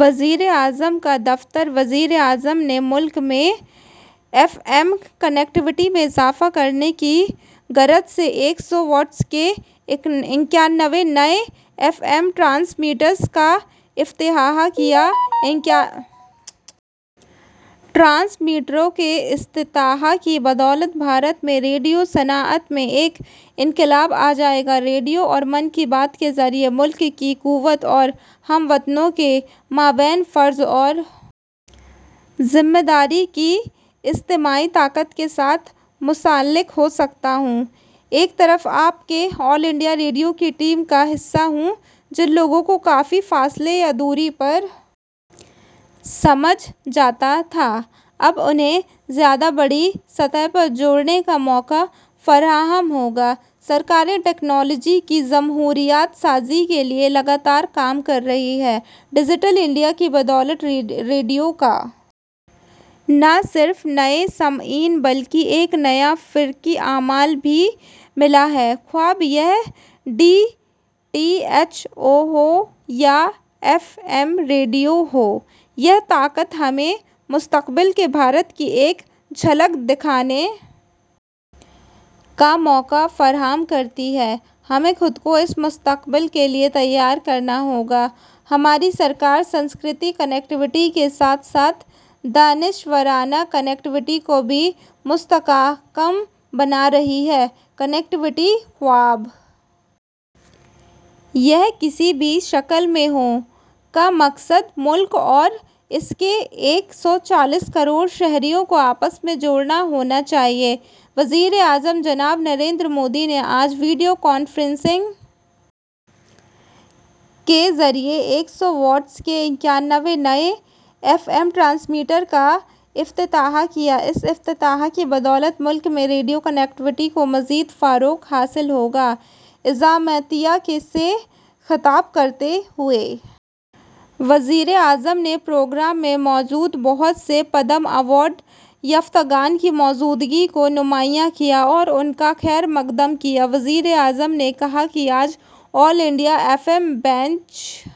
وزیر اعظم کا دفتر وزیر اعظم نے ملک میں ایف ایم کنیکٹیویٹی میں اضافہ کرنے کی غرض سے ایک سو واٹس کے اکانوے نئے ایف ایم ٹرانسمیٹرس کا افتتاح کیا اکانوے ایف ایم ٹرانسمیٹرس کے افتتاح کی بدولت بھارت میں ریڈیو صنعت میں ایک انقلاب آ جائے گا ریڈیو اور من کی بات کے ذریعہ میں ملک کی قوت اور ہم وطنوں کے مابین فرض اور ذمہ داری کی اجتماعی طاقت کے ساتھ منسلک ہو سکتا ہوں میں ایک طرح سے آپ کے آل انڈیا ریڈیو کی ٹیم کا حصہ ہوں جن لوگوں کو کافی فاصلے یا دوری پر سمجھا جاتا تھا اب انہیں زیادہ بڑی سطح پر جڑنے کا موقع فراہم ہو گا حکومت ٹیکنالوجی کی جمہوریت سازی کے لیے مسلسل کام کر رہی ہے ڈیجیٹل انڈیا کی بدولت ریڈیو کو نہ صرف نئے سامعین بلکہ ایک نیا فکری عمل بھی ملا ہے خواہ یہ ڈی ٹی ایچ ہو یا ایف ایم ریڈیو ہو یہ طاقت ہمیں مستقبل کے بھارت کی ایک جھلک دیکھنے کا موقع فراہم کرتی ہے ہمیں خود کو اس مستقبل کے لیے تیار کرنا ہو گا ہماری حکومت ثقافتی کنیکٹیویٹی کے ساتھ ساتھ دانشورانہ کنیکٹیویٹی کو بھی مستحکم بنا رہی ہے کنیکٹیویٹی خواہ یہ کسی بھی شکل میں ہو کا مقصد ملک کو اور اس کے ایک سو چالیس کروڑ شہریوں کو آپس میں جوڑنا ہونا چاہیے وزیر اعظم جناب نریندر مودی نے آج ویڈیو کانفرنسنگ کے ذریعہ ایک سو واٹس کے اکانوے نئے ایف ایم ٹرانسمیٹرس کا افتتاح کیا اس افتتاح کی بدولت ملک میں ریڈیو کنیکٹیویٹی کو مزید فروغ حاصل ہو گا اجتماع سے خطاب کرتے ہوئے وزیر اعظم نے پروگرام میں موجود بہت سے پدم ایوارڈ یافتگان کی موجودگی کو نمایاں کیا اور ان کا خیر مقدم کیا وزیر اعظم نے کہا کہ آج آل انڈیا ایف ایم بننے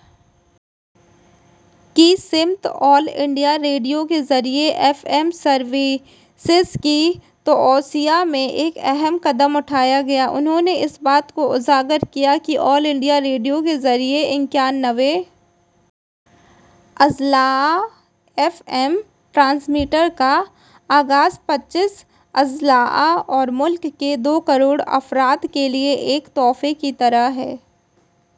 کی سمت آل انڈیا ریڈیو کے ذریعہ ایف ایم سروسز کی توسیع میں ایک اہم قدم اٹھایا گیا ہے انہوں نے اس بات کو اجاگر کیا کہ آل انڈیا ریڈیو کے ذریعہ اکانوے ایف ایم ٹرانسمیٹرس کا آغاز پچاسی اضلاع اور ملک کے دو کروڑ افراد کے لیے ایک تحفے کی طرح ہے